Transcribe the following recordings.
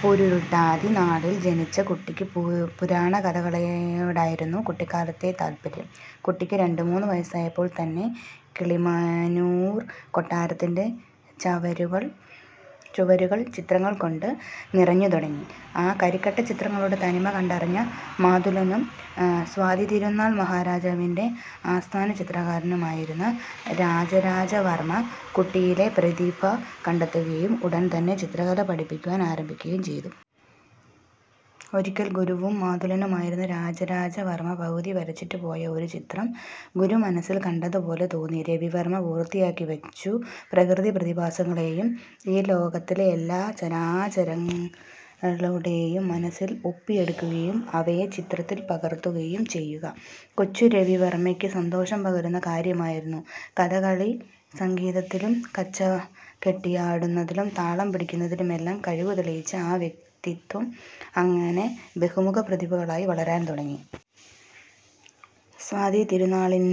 പൂരൂരുട്ടാതി നാളിൽ ജനിച്ച കുട്ടിക്ക് പുരാണകഥകളോടായിരുന്നു കുട്ടിക്കാലത്തേ താൽപര്യം. കുട്ടിക്ക് രണ്ടു മൂന്ന് വയസ്സായപ്പോൾ തന്നെ കിളിമാനൂർ കൊട്ടാരത്തിന്റെ ചവരുകൾ ചുവരുകൾ ചിത്രങ്ങൾ കൊണ്ട് നിറഞ്ഞു തുടങ്ങി. ആ കരിക്കട്ടച്ചിത്രങ്ങളുടെ തനിമ കണ്ടറിഞ്ഞ മാതുലനും സ്വാതിതിരുനാൾ മഹാരാജാവിന്റെ ആസ്ഥാന ചിത്രകാരനും ആയിരുന്ന രാജരാജവർമ്മ കുട്ടിയിലെ പ്രതിഭ കണ്ടെത്തുകയും ഉടൻ തന്നെ ചിത്രകല പഠിപ്പിക്കുവാൻ ആരംഭിക്കുകയും ചെയ്തു. ഒരിക്കൽ ഗുരുവും മാതുലനുമായിരുന്ന രാജരാജവർമ്മ പകുതി വരച്ചിട്ടു പോയ ഒരു ചിത്രം ഗുരു മനസ്സിൽ കണ്ടതുപോലെ തന്നെ രവിവർമ്മ പൂർത്തിയാക്കി വച്ചു. പ്രകൃതി പ്രതിഭാസങ്ങളെയും ഈ ലോകത്തിലെ എല്ലാ ചരാചരങ്ങളുടെയും മനസ്സിൽ ഒപ്പിയെടുക്കുകയും അവയെ ചിത്രത്തിൽ പകർത്തുകയും ചെയ്യുക കൊച്ചുരവിവർമ്മയ്ക്ക് സന്തോഷം പകരുന്ന കാര്യമായിരുന്നു. കഥകളി സംഗീതത്തിലും കച്ചകെട്ടിയാടുന്നതിലും താളം പിടിക്കുന്നതിലുമെല്ലാം കഴിവു തെളിയിച്ച ആ വ്യക്തിത്വം അങ്ങനെ ബഹുമുഖപ്രതിഭകളായി വളരാൻ തുടങ്ങി. സ്വാതിതിരുനാളിൽ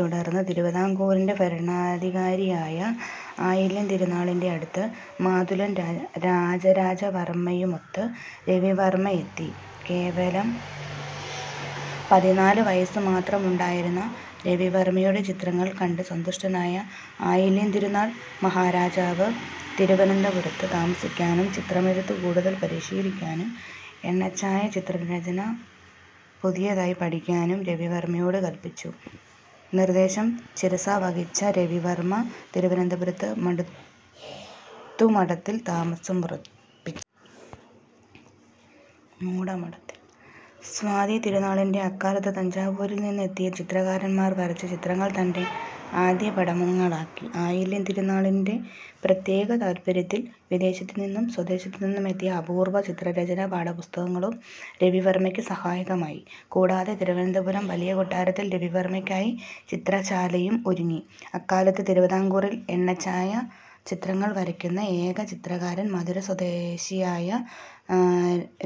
തുടർന്ന് തിരുവിതാംകൂറിന്റെ ഭരണാധികാരിയായ ആയില്യം തിരുനാളിന്റെ അടുത്ത് മാതുലൻ രാജരാജവർമ്മയുമൊത്ത് രവിവർമ്മ എത്തി. കേവലം പതിനാല് വയസ്സുമാത്രമുണ്ടായിരുന്ന രവിവർമ്മയുടെ ചിത്രങ്ങൾ കണ്ട് സന്തുഷ്ടനായ ആയില്യം തിരുനാൾ മഹാരാജാവ് തിരുവനന്തപുരത്ത് താമസിക്കാനും, ചിത്രമെഴുത്ത് കൂടുതൽ പരിശീലിക്കാനും, എണ്ണച്ചായ ചിത്രരചന പുതിയതായി പഠിക്കാനും രവിവർമ്മയോടു കൽപ്പിച്ചു. നിർദ്ദേശം ശിരസാവഹിച്ച രവിവർമ്മ തിരുവനന്തപുരത്ത് മടത്തുമഠത്തിൽ താമസമുറപ്പിച്ചു. മൂടമഠത്തിൽ സ്വാതിതിരുന്നാളിന്റെ കാലത്ത് തഞ്ചാവൂരിൽ നിന്നെത്തിയ ചിത്രകാരന്മാർ വരച്ചചിത്രങ്ങൾ തന്റെ ആദ്യപാഠങ്ങളാക്കി. ആയില്യംതിരുനാളിന്റെ പ്രത്യേക താൽപ്പര്യത്തിൽ വിദേശത്തുനിന്നും സ്വദേശത്തുനിന്നും എത്തിയ അപൂർവ്വ ചിത്രരചനാ പാഠപുസ്തകങ്ങളും രവിവർമ്മക്ക് സഹായകമായി. കൂടാതെ തിരുവനന്തപുരം വലിയകൊട്ടാരത്തിൽ രവിവർമ്മക്കായി ചിത്രശാലയും ഒരുങ്ങി. അക്കാലത്ത് തിരുവിതാംകൂറിൽ എണ്ണച്ചായ ചിത്രങ്ങൾ വരക്കുന്ന ഏക ചിത്രകാരൻ മധുര സ്വദേശിയായ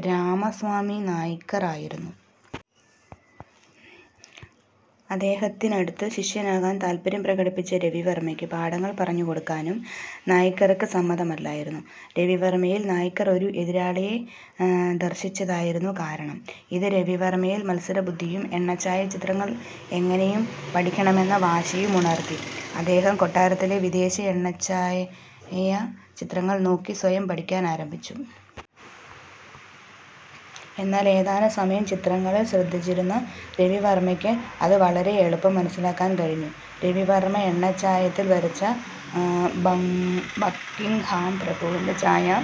രാമസ്വാമി നായ്ക്കർ ആയിരുന്നു. അദ്ദേഹത്തിനടുത്ത് ശിഷ്യനാകാൻ താത്പര്യം പ്രകടിപ്പിച്ച രവിവർമ്മക്ക് പാഠങ്ങൾ പറഞ്ഞു കൊടുക്കാനും നായ്ക്കർക്ക് സമ്മതമല്ലായിരുന്നു. രവിവർമ്മയിൽ നായ്ക്കർ ഒരു എതിരാളിയെ ദർശിച്ചതായിരുന്നു കാരണം. ഇതു രവിവർമ്മയിൽ മത്സരബുദ്ധിയും എണ്ണച്ചായ ചിത്രങ്ങൾ എങ്ങനെയും പഠിക്കണമെന്ന വാശിയും ഉണർത്തി. അദ്ദേഹം കൊട്ടാരത്തിലെ വിദേശ എണ്ണച്ചായ ചിത്രങ്ങൾ നോക്കി സ്വയം പഠിക്കാൻ ആരംഭിച്ചു. എന്നാൽ ഏതാനം സമയം ചിത്രങ്ങളിൽ ശ്രദ്ധിച്ചിരുന്ന രവിവർമ്മക്ക് അത് വളരെ എളുപ്പം മനസ്സിലാക്കാൻ കഴിഞ്ഞു. രവിവർമ്മ എണ്ണച്ചായത്തിൽ വരച്ച ബക്കിങ്ങ്ഹാം പ്രഭുവിന്റെ ഛായാ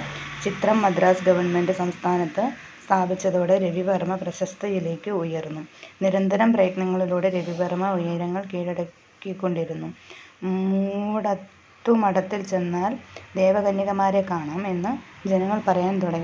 ചിത്രം മദ്രാസ് ഗവൺമന്റ് സംസ്ഥാനത്ത് സ്ഥാപിച്ചതോടെ രവിവർമ്മ പ്രശസ്തിയിലേക്ക് ഉയർന്നു. നിരന്തരം പ്രയത്നങ്ങളിലൂടെ രവിവർമ്മ ഉയരങ്ങൾ കീഴടക്കികൊണ്ടിരുന്നു. 'മൂടത്തു മഠത്തിൽ ചെന്നാൽ ദേവകന്യകമാരെ കാണാം' എന്ന് ജനങ്ങൾ പറയാൻ തുടങ്ങി.